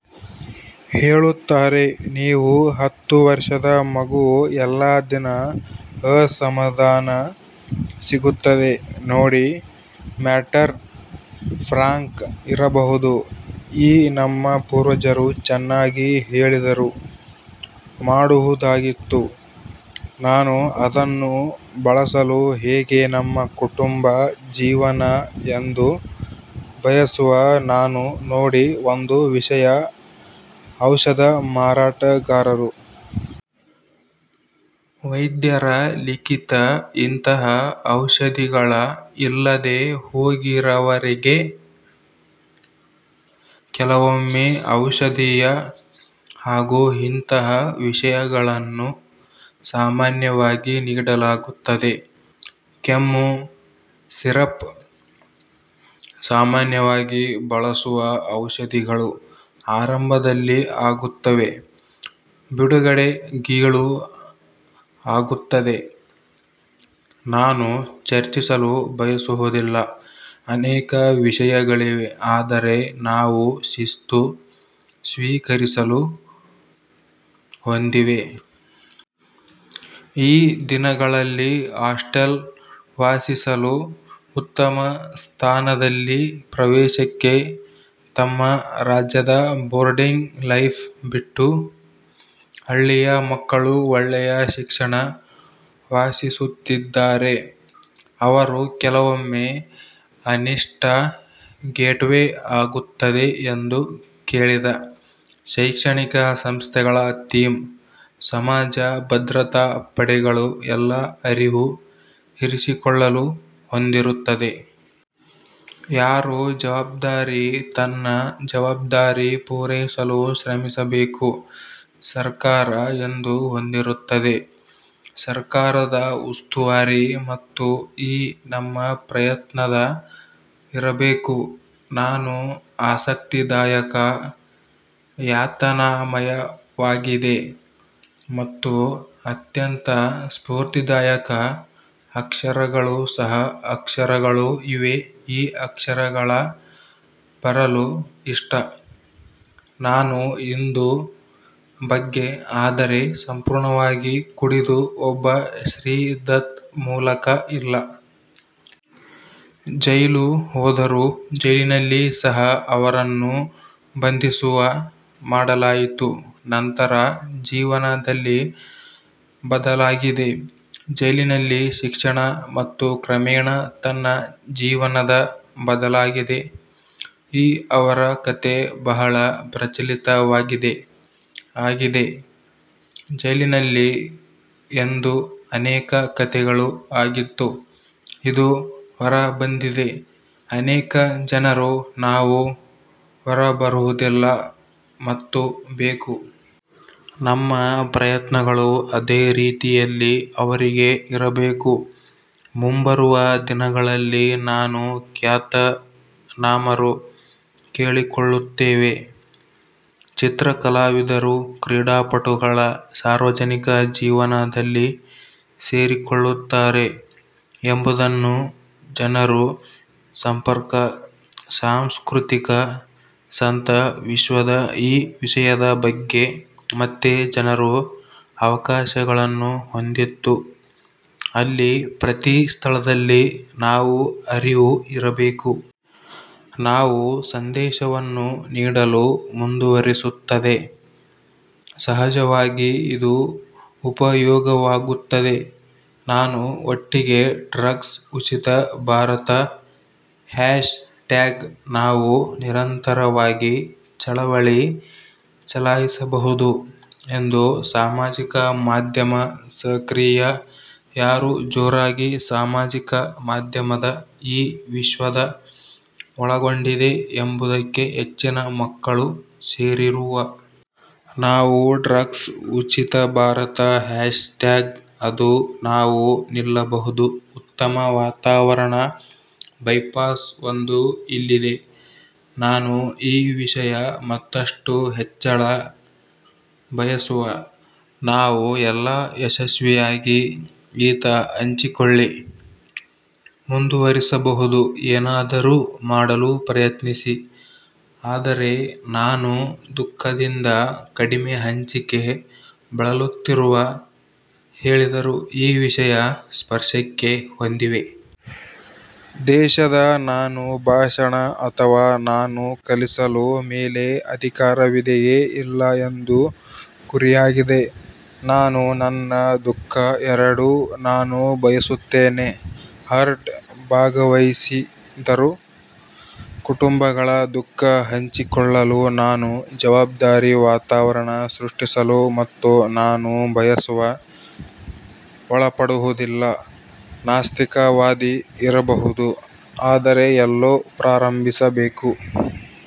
ಹೇಳುತ್ತಾರೆ. ನೀವು ಹತ್ತು ವರ್ಷದ ಮಗು ಎಲ್ಲಾ ದಿನ ಅಸಮಾಧಾನ ಸಿಗುತ್ತದೆ ನೋಡಿ. ಮ್ಯಾಟರ್ ಫ್ರಾಂಕ್ ಇರಬಹುದು. ಈ ನಮ್ಮ ಪೂರ್ವಜರು ಚೆನ್ನಾಗಿ ಹೇಳಿದರು ಮಾಡುವುದಾಗಿತ್ತು. ನಾನು ಅದನ್ನು ಬಳಸಲು ಹೇಗೆ ನಮ್ಮ ಕುಟುಂಬ ಜೀವನ, ಎಂದು ಬಯಸುವ. ನಾನು ನೋಡಿ ಒಂದು ವಿಷಯ ಔಷಧ ಮಾರಾಟಗಾರರು. ವೈದ್ಯರ ಲಿಖಿತ ಇಂತಹ ಔಷಧಿಗಳ ಇಲ್ಲದೆ ಹೋಗಿ ರವರೆಗೆ ಕೆಲವೊಮ್ಮೆ ಔಷಧೀಯ, ಹಾಗೂ ಇಂತಹ ವಿಷಯಗಳನ್ನು ಸಾಮಾನ್ಯವಾಗಿ ನೀಡಲಾಗುತ್ತದೆ. ಕೆಮ್ಮು ಸಿರಪ್ ಸಾಮಾನ್ಯವಾಗಿ ಬಳಸುವ ಔಷಧಿಗಳು ಆರಂಭದಲ್ಲಿ ಆಗುತ್ತದೆ. ಬಿಡುಗಡೆ ಗೀಳು ಆಗುತ್ತದೆ. ನಾನು ಚರ್ಚಿಸಲು ಬಯಸುವುದಿಲ್ಲ ಅನೇಕ ವಿಷಯಗಳಿವೆ. ಆದರೆ ನಾವು ಶಿಸ್ತು ಸ್ವೀಕರಿಸಲು ಹೊಂದಿವೆ. ಈ ದಿನಗಳಲ್ಲಿ, ಹಾಸ್ಟೆಲ್ ವಾಸಿಸಲು ಉತ್ತಮ ಸ್ಥಾನದಲ್ಲಿ ಪ್ರವೇಶಕ್ಕೆ ತಮ್ಮ ರಾಜ್ಯದ ಬೋರ್ಡಿಂಗ್ ಲೈಫ್ ಬಿಟ್ಟು ಹಳ್ಳಿಯ ಮಕ್ಕಳು, ಒಳ್ಳೆಯ ಶಿಕ್ಷಣ ವಾಸಿಸುತ್ತಿದ್ದಾರೆ. ಅವರು ಕೆಲವೊಮ್ಮೆ ಅನಿಷ್ಟ ಗೇಟ್ವೇ ಆಗುತ್ತದೆ ಎಂದು ಕೇಳಿದ. ಶೈಕ್ಷಣಿಕ ಸಂಸ್ಥೆಗಳ ಥೀಮ್, ಸಮಾಜ, ಭದ್ರತಾ ಪಡೆಗಳು ಎಲ್ಲ ಅರಿವು ಇರಿಸಿಕೊಳ್ಳಲು ಹೊಂದಿರುತ್ತದೆ. ಯಾರ ಜವಾಬ್ದಾರಿ ತನ್ನ ಜವಾಬ್ದಾರಿ ಪೂರೈಸಲು ಶ್ರಮಿಸಬೇಕು. ಸರ್ಕಾರ ಎಂದು ಹೊಂದಿರುತ್ತದೆ ಸರ್ಕಾರದ ಉಸ್ತುವಾರಿ. ಮತ್ತು ಈ ನಮ್ಮ ಪ್ರಯತ್ನದ ಇರಬೇಕು. ನಾನು, ಆಸಕ್ತಿದಾಯಕ ಯಾತನಾಮಯವಾಗಿದೆ ಮತ್ತು ಅತ್ಯಂತ ಸ್ಪೂರ್ತಿದಾಯಕ ಅಕ್ಷರಗಳು ಸಹ ಅಕ್ಷರಗಳು ಇವೆ ಈ ಅಕ್ಷರಗಳ ಬರಲು ಇಷ್ಟ. ನಾನು ಇಂದು ಬಗ್ಗೆ, ಆದರೆ ಸಂಪೂರ್ಣವಾಗಿ ಕುಡಿದು ಒಬ್ಬ ಶ್ರೀ ದತ್ ಮೂಲಕ ಇಲ್ಲ., ಜೈಲು ಹೋದರು ಜೈಲಿನಲ್ಲಿ ಸಹ ಅವರನ್ನು ಬಂಧಿಸುವ ಮಾಡಲಾಯಿತು. ನಂತರ ಜೀವನದಲ್ಲಿ ಬದಲಾಗಿದೆ. ಜೈಲಿನಲ್ಲಿ ಶಿಕ್ಷಣ ಮತ್ತು ಕ್ರಮೇಣ ತನ್ನ ಜೀವನದ ಬದಲಾಗಿದೆ. ಈ ಅವರ ಕಥೆ ಬಹಳ ಪ್ರಚಲಿತವಾಗಿದೆ ಆಗಿದೆ. ಜೈಲಿನಲ್ಲಿ ಎಂದು ಅನೇಕ ಕಥೆಗಳು ಆಗಿತ್ತು. ಇದು ಹೊರಬಂದಿದೆ ಅನೇಕ ಜನರು. ನಾವು ಹೊರಬರುವುದಿಲ್ಲ ಮತ್ತು ಬೇಕು. ನಮ್ಮ ಪ್ರಯತ್ನಗಳು ಅದೇ ರೀತಿಯಲ್ಲಿ, ಅವರಿಗೆ ಇರಬೇಕು. ಮುಂಬರುವ ದಿನಗಳಲ್ಲಿ ನಾನು ಖ್ಯಾತನಾಮರು ಕೇಳಿಕೊಳ್ಳುತ್ತೇವೆ. ಚಿತ್ರ ಕಲಾವಿದರು ಕ್ರೀಡಾಪಟುಗಳ ಸಾರ್ವಜನಿಕ ಜೀವನದಲ್ಲಿ ಸೇರಿಕೊಳ್ಳುತ್ತಾರೆ ಎಂಬುದನ್ನು ಜನರು ಸಂಪರ್ಕ. ಸಾಂಸ್ಕೃತಿಕ ಸಂತ ವಿಶ್ವದ, ಈ ವಿಷಯದ ಬಗ್ಗೆ ಮತ್ತೆ ಜನರು ಅವಕಾಶಗಳನ್ನು ಹೊಂದಿತ್ತು ಅಲ್ಲಿ ಪ್ರತಿ ಸ್ಥಳದಲ್ಲಿ, ನಾವು ಅರಿವು ಇರಬೇಕು. ನಾವು ಸಂದೇಶವನ್ನು ನೀಡಲು ಮುಂದುವರೆಸುತ್ತದೆ. ಸಹಜವಾಗಿ ಇದು ಉಪಯೋಗವಾಗುತ್ತದೆ. ನಾನು ಒಟ್ಟಿಗೆ ಡ್ರಗ್ಸ್ ಉಚಿತ ಭಾರತ ಹ್ಯಾಶ್ ಟ್ಯಾಗ್ ನಾವು ನಿರಂತರವಾಗಿ ಚಳವಳಿ ಚಲಾಯಿಸಬಹುದು ಎಂದು ಸಾಮಾಜಿಕ ಮಾಧ್ಯಮ ಸಕ್ರಿಯ ಯಾರು ಜೋರಾಗಿ. ಸಾಮಾಜಿಕ ಮಾಧ್ಯಮದ ಈ ವಿಶ್ವದ ಒಳಗೊಂಡಿದೆ ಎಂಬುದಕ್ಕೆ ಹೆಚ್ಚಿನ ಮಕ್ಕಳು ಸೇರಿರುವ. ನಾವು ಡ್ರಗ್ಸ್ ಉಚಿತ ಭಾರತ ಹ್ಯಾಶ್ ಟ್ಯಾಗ್, ಅದು ನಾವು ನಿಲ್ಲಬಹುದು ಉತ್ತಮ ವಾತಾವರಣ ಬೈಪಾಸ್ ಒಂದು ಇಲ್ಲಿದೆ. ನಾನು ಈ ವಿಷಯ ಮತ್ತಷ್ಟು ಹೆಚ್ಚಳ ಬಯಸುವ. ನಾವು ಎಲ್ಲಾ ಯಶಸ್ವಿಯಾಗಿ ಈತ ಹಂಚಿಕೊಳ್ಳಿ ಮುಂದುವರಿಸಬಹುದು, ಏನಾದರೂ ಮಾಡಲು ಪ್ರಯತ್ನಿಸಿ. ಆದರೆ ನಾನು ದುಃಖದಿಂದ ಕಡಿಮೆ ಹಂಚಿಕೆ ಬಳಲುತ್ತಿರುವ ಹೇಳಿದರು ಈ ವಿಷಯ ಸ್ಪರ್ಶಕ್ಕೆ ಹೊಂದಿವೆ. ದೇಶದ ನಾನು ಭಾಷಣ ಅಥವಾ ನಾನು ಕಲಿಸಲು ಮೇಲೆ ಅಧಿಕಾರವಿದೆಯೇ ಇಲ್ಲ ಎಂದು, ಗುರಿಯಾಗಿದೆ. ನಾನು ನನ್ನ ದುಃಖ, ಎರಡೂ ನಾನು ಬಯಸುತ್ತೇನೆ ಹರ್ಟ್ ಭಾಗವಹಿಸಿದರು ಕುಟುಂಬಗಳ ದುಃಖ ಹಂಚಿಕೊಳ್ಳಲು ನಾನು. ಜವಾಬ್ದಾರಿ ವಾತಾವರಣ ಸೃಷ್ಟಿಸಲು ಮತ್ತು ನಾನು ಬಯಸುವ. ಒಳಪಡುವುದಿಲ್ಲ-ನಾಸ್ತಿಕವಾದಿ ಇರಬಹುದು. ಆದರೆ ಎಲ್ಲೋ ಪ್ರಾರಂಭಿಸಬೇಕು.